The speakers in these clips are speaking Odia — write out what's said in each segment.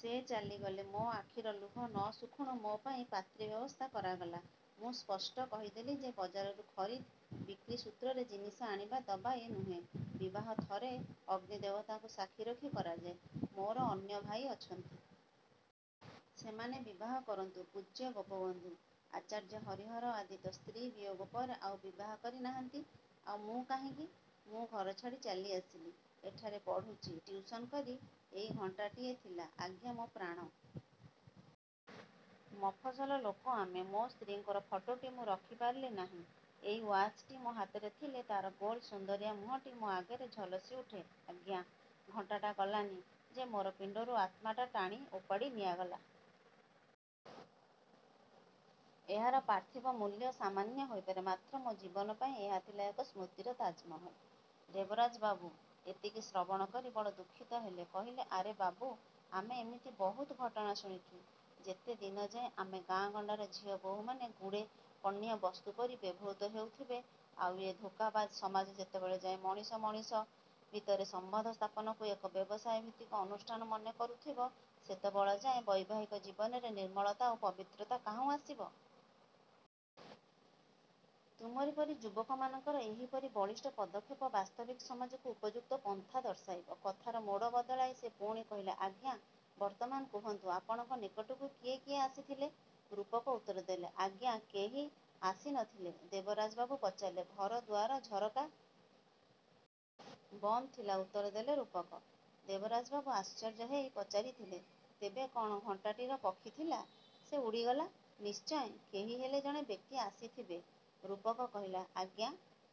ସେ ଚାଲିଗଲେ, ମୋ ଆଖିର ଲୁହ ନ ଶୁଖୁଣୁ ମୋ ପାଇଁ ପାତ୍ରୀ ବ୍ୟବସ୍ଥା କରାଗଲା। ମୁଁ ସ୍ପଷ୍ଟ କହିଦେଲି ଯେ, ବଜାରରୁ ଖରିଦ୍ ବିକ୍ରି ସୂତ୍ରରେ ଜିନିଷ ଆଣିବା ଦବା ଏ ନୁହେଁ। ବିବାହ ଥରେ ଅଗ୍ନି ଦେବତାଙ୍କୁ ସାକ୍ଷୀ ରଖି କରାଯାଏ। ମୋର ଅନ୍ୟ ଭାଇ ଅଛନ୍ତି। ସେମାନେ ବିବାହ କରନ୍ତୁ। ପୂଜ୍ୟ ଗୋପବନ୍ଧୁ, ଆଚାର୍ଯ୍ୟ ହରିହର ଆଦି ତ ସ୍ତ୍ରୀ ବିୟୋଗ ପରେ ଆଉ ବିବାହ କରି ନାହାନ୍ତି, ଆଉ ମୁଁ କାହିଁକି? ମୁଁ ଘରଛାଡ଼ି ଚାଲି ଆସିଲି, ଏଠାରେ ପଢ଼ୁଚି ଟିଉସନ କରି। ଏଇ ଘଣ୍ଟାଟିଏ ଥିଲା ଆଜ୍ଞା ମୋ ପ୍ରାଣ। ମଫସଲ ଲୋକ ଆମେ। ମୋ ସ୍ତ୍ରୀଙ୍କର ଫଟୋଟି ମୁଁ ରଖି ପାରିଲି ନାହିଁ। ଏଇ ୱାଚଟି ମୋ ହାତରେ ଥିଲେ ତାର ଗୋଲ ସୁନ୍ଦରିଆ ମୁହଁଟି ମୋ ଆଗରେ ଝଲସି ଉଠେ ଆଜ୍ଞା! ଘଣ୍ଟାଟା ଗଲାନି ଯେ ମୋର ପିଣ୍ଡରୁ ଆତ୍ମାଟା ଟାଣି ଉପାଡ଼ି ନିଆଗଲା। ଏହାର ପାର୍ଥିବ ମୂଲ୍ୟ ସାମାନ୍ୟ ହୋଇପାରେ; ମାତ୍ର ମୋ ଜୀବନ ପାଇଁ ଏହା ଥିଲା ଏକ ସ୍ମୃତିର ତାଜମହଲ। ଦେବରାଜ ବାବୁ ଏତିକି ଶ୍ରବଣ କରି ବଡ଼ ଦୁଃଖିତ ହେଲେ। କହିଲେ-ଆରେ ବାବୁ, ଆମେ ଏମିତି ବହୁତ ଘଟଣା ଶୁଣିଚୁ। ଯେତେ ଦିନଯାଏ ଆମ ଗାଁ ଗଣ୍ଡାର ଝିଅ ବୋହୂମାନେ ଗୁଡ଼େ ପଣ୍ୟ ବସ୍ତୁ ପରି ବ୍ୟବହୃତ ହେଉଥିବେ, ଆଉ ଏ ଧୋକାବାଜ ସମାଜ ଯେତେବେଳେ ଯାଏ ମଣିଷ ମଣିଷ ଭିତରେ ସମ୍ବନ୍ଧ ସ୍ଥାପନକୁ ଏକ ବ୍ୟବସାୟ ଭିତ୍ତିକ ଅନୁଷ୍ଠାନ ମନେ କରୁଥିବ, ସେତେବେଳଯାଏ ବୈବାହିକ ଜୀବନର ନିର୍ମଳତା ଓ ପବିତ୍ରତା କାହୁଁ ଆସିବ? ତୁମରି ପରି ଯୁବକମାନଙ୍କର ଏହିପରି ବଳିଷ୍ଠ ପଦକ୍ଷେପ ବାସ୍ତବିକ ସମାଜକୁ ଉପଯୁକ୍ତ ପନ୍ଥା ଦର୍ଶାଇବ। କଥାର ମୋଡ଼ ବଦଳାଇ ସେ ପୁଣି କହିଲେ-ଆଜ୍ଞା ବର୍ତ୍ତମାନ କୁହନ୍ତୁ, ଆପଣଙ୍କ ନିକଟକୁ କିଏ କିଏ ଆସିଥିଲେ? ରୂପକ ଉତ୍ତର ଦେଲେ-ଆଜ୍ଞା କେହି ଆସି ନ ଥିଲେ। ଦେବରାଜ ବାବୁ ପଚାରିଲେ-ଘର ଦୁଆର, ଝରକା? ବନ୍ଦ ଥିଲା-ଉତ୍ତର ଦେଲେ ରୂପକ। ଦେବରାଜ ବାବୁ ଆଶ୍ଚର୍ଯ୍ୟ ହେଇ ପଚାରିଥିଲେ-ତେବେ କ'ଣ ଘଣ୍ଟାଟିର ପକ୍ଷୀ ଥିଲା, ସେ ଉଡ଼ିଗଲା? ନିଶ୍ଚୟ କେହି ହେଲେ ଜଣେ ବ୍ୟକ୍ତି ଆସିଥିବେ। ରୂପକ କହିଲା-ଆଜ୍ଞା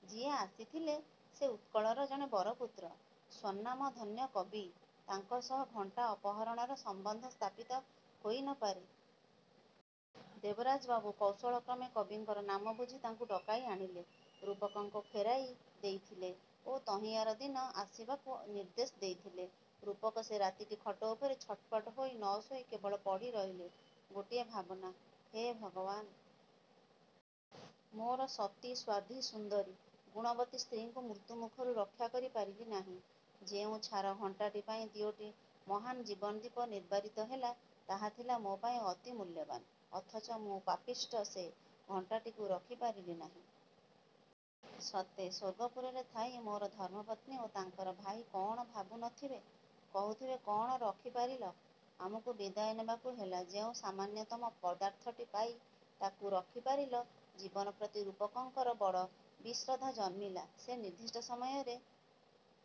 ଯିଏ ଆସିଥିଲେ, ସେ ଉତ୍କଳର ଜଣେ ବରପୁତ୍ର, ସ୍ୱନାମଧନ୍ୟ କବି। ତାଙ୍କ ସହ ଘଣ୍ଟା ଅପହରଣର ସମ୍ବନ୍ଧ ସ୍ଥାପିତ ହୋଇ ନ ପାରେ। ଦେବରାଜ ବାବୁ କୌଶଳ କ୍ରମେ କବିଙ୍କର ନାମ ବୁଝି ତାଙ୍କୁ ଡକାଇ ଆଣିଲେ। ରୂପକଙ୍କୁ ଫେରାଇ ଦେଇଥିଲେ ଓ ତହିଁଆର ଦିନ ଆସିବାକୁ ନିର୍ଦ୍ଦେଶ ଦେଇଥିଲେ। ରୂପକ ସେ ରାତିଟି ଖଟ ଉପରେ ଛଟପଟ ହୋଇ ନ ଶୋଇ କେବଳ ପଡ଼ି ରହିଲେ। ଗୋଟିଏ ଭାବନା-ହେ ଭଗବାନ! ମୋର ସତୀ ସାଧ୍ୱୀ ସୁନ୍ଦରୀ, ଗୁଣବତୀ ସ୍ତ୍ରୀଙ୍କୁ ମୃତ୍ୟୁ ମୁଖରୁ ରକ୍ଷା କରି ପାରିଲି ନାହିଁ। ଯେଉଁ ଛାର ଘଣ୍ଟାଟି ପାଇଁ ଦିଓଟି ମହାନ ଜୀବନଦୀପ ନିର୍ବାପିତ ହେଲା, ତାହା ଥିଲା ମୋ ପାଇଁ ଅତି ମୂଲ୍ୟବାନ। ଅଥଚ ମୁଁ ପାପିଷ୍ଠ ସେ ଘଣ୍ଟାଟିକୁ ରଖି ପାରିଲି ନାହିଁ। ସତେ। ସ୍ୱର୍ଗପୁରରେ ଥାଇ ମୋର ଧର୍ମପତ୍ନୀ ଓ ତାଙ୍କର ଭାଇ କଅଣ ଭାବୁ ନ ଥିବେ? କହୁଥିବେ କ'ଣ ରଖି ପାରିଲ? ଆମକୁ ବିଦାୟ ନେବାକୁ ହେଲା ଯେଉଁ ସାମାନ୍ୟତମ ପଦାର୍ଥଟି ପାଇଁ, ତାକୁ ରଖି ପାରିଲ? ଜୀବନ ପ୍ରତି ରୂପକଙ୍କର ବଡ଼ ବିଶ୍ରଦ୍ଧା ଜନ୍ମିଲା। ସେ ନିର୍ଦ୍ଦିଷ୍ଟ ସମୟରେ